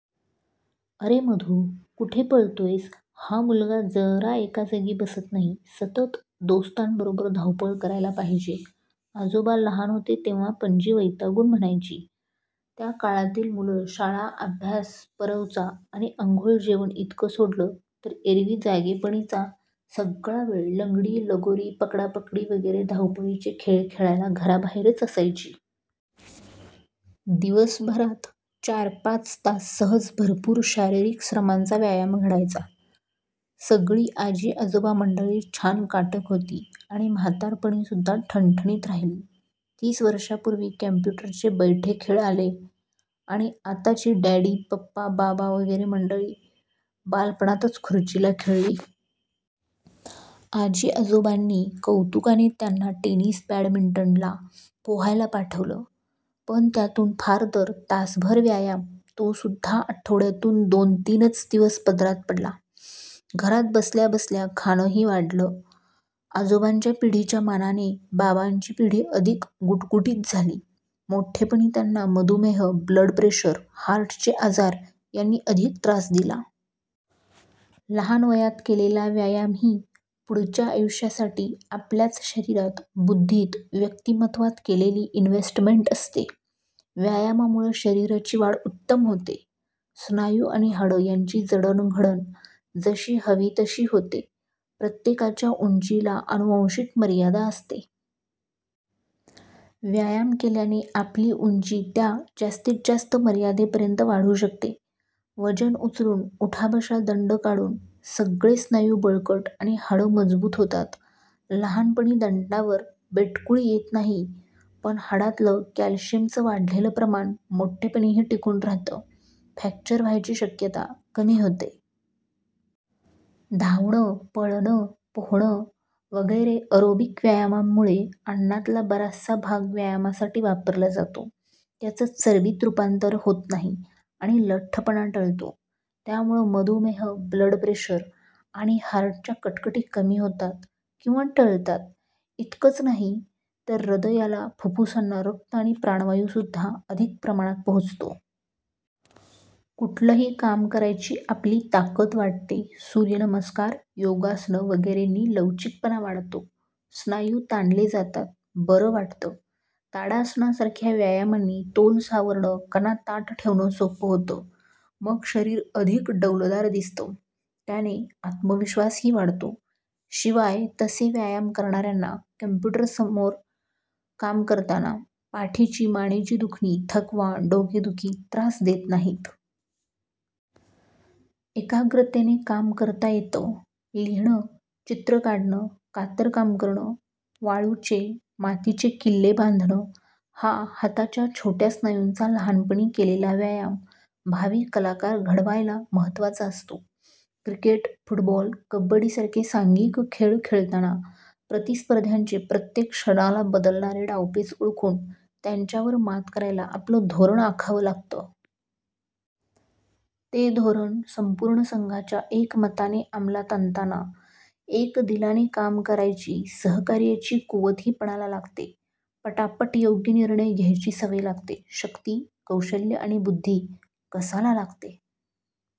"अरे मधू, कुठे पळतोयस? हा मुलगा जरा एकाजागी बसत नाही! सतत दोस्तांबरोबर धावपळ करायला पाहिजे! " आजोबा लहान होते तेव्हा पणजी वैतागून म्हणायची! त्या काळातली मुलं शाळा-अभ्यास-परवचा आणि अंघोळ-जेवण इतकं सोडलं तर एरवी जागेपणीचा सगळा वेळ लंगडी, लगोरी, पकडापकडी वगैरे धावपळीचे खेळ खेळायला घराबाहेरच असायची. दिवसभरात चारपाच तास सहज भरपूर शारीरिक श्रमांचा व्यायाम घडायचा. सगळी आजी-आजोबामंडळी छान काटक होती आणि म्हातारपणीसुद्धा ठणठणीत राहिली. तीस वर्षांपूर्वी कॉम्प्युटरचे बैठे खेळ आले आणि आताची डॅडी, पप्पा, बाबा वगैरे मंडळी बालपणातच खुर्चीला खिळली. आजीआजोबांनी कौतुकाने त्यांना टेनिस-बॅडमिंटनला, पोहायला पाठवलं. पण त्यातून फारतर तासभर व्यायाम, तोसुद्धा आठवड्यातून दोन-तीनच दिवस पदरात पडला. घरात बसल्याबसल्या खाणंही वाढलं. आजोबांच्या पिढीच्या मानाने बाबांची पिढी अधिक गुटगुटीत झाली. मोठेपणी त्यांना मधुमेह, ब्लड प्रेशर, हार्टचे आजार यांनी अधिक त्रास दिला. लहान वयात केलेला व्यायाम ही पुढच्या आयुष्यासाठी आपल्याच शरीरात, बुद्धीत, व्यक्तिमत्त्वात केलेली इनव्हेस्टमेंट असते. व्यायामामुळे शरीराची वाढ उत्तम होते. स्नायू आणि हाडं यांची जडणघडण जशी हवी तशी होते. प्रत्येकाच्या उंचीला आनुवांशिक मर्यादा असते. व्यायाम केल्याने आपली उंची त्या जास्तीत जास्त मर्यादेपर्यंत वाढू शकते. वजनं उचलून, उठाबशा-दंड काढून सगळे स्नायू बळकट आणि हाडं मजबूत होतात. लहानपणी दंडावर बेटकुळी येत नाही. पण हाडांतलं कॅल्शियमचं वाढलेलं प्रमाण मोठेपणीही टिकून राहातं, फ्रॅक्चर व्हायची शक्यता कमी होते. धावणं, पळणं, पोहणं वगैरे एरोबिक व्यायामांमुळे अन्नातला बराचसा भाग व्यायामासाठी वापरला जातो, त्याचं चरबीत रूपांतर होत नाही आणि लठ्ठपणा टळतो. त्यामुळे मधुमेह, ब्लड प्रेशर आणि हार्टच्या कटकटी कमी होतात किंवा टळतात. इतकंच नाही तर हृदयाला, फुप्फुसांना रक्त आणि प्राणवायूसुद्धा अधिक प्रमाणात पोचतो. कुठलंही काम करायची आपली ताकद वाढते. सूर्यनमस्कार, योगासनं वगैरेंनी लवचिकपणा वाढतो, स्नायू ताणले जातात, बरं वाटतं. ताडासनासारख्या व्यायामांनी तोल सावरणं, कणा ताठ ठेवणं सोपं होतं. मग शरीर अधिक डौलदार दिसतं. त्याने आत्मविश्वासही वाढतो. शिवाय तसे व्यायाम करणाऱ्यांना कॉम्प्युटरसमोर काम करताना पाठीची, मानेची दुखणी, थकवा, डोकेदुखी त्रास देत नाहीत. एकाग्रतेने काम करता येतं. लिहिणं, चित्र काढणं, कातरकाम करणं, वाळूचे, मातीचे किल्ले बांधणं हा हाताच्या छोट्या स्नायूंचा लहानपणी केलेला व्यायाम भावी कलाकार घडवायला महत्त्वाचा असतो. क्रिकेट, फुटबॉल, कबड्डीसारखे सांघिक खेळ खेळताना प्रतिस्पर्ध्यांचे प्रत्येक क्षणाला बदलणारे डावपेच ओळखून त्यांच्यावर मात करायला आपलं धोरण आखावं लागतं. ते धोरण संपूर्ण संघाच्या एकमताने अमलात आणताना एकदिलाने काम करायची, सहकार्याची कुवतही पणाला लागते. पटापट योग्य निर्णय घ्यायची सवय लागते. शक्ती, कौशल्य आणि बुद्धी कसाला लागते.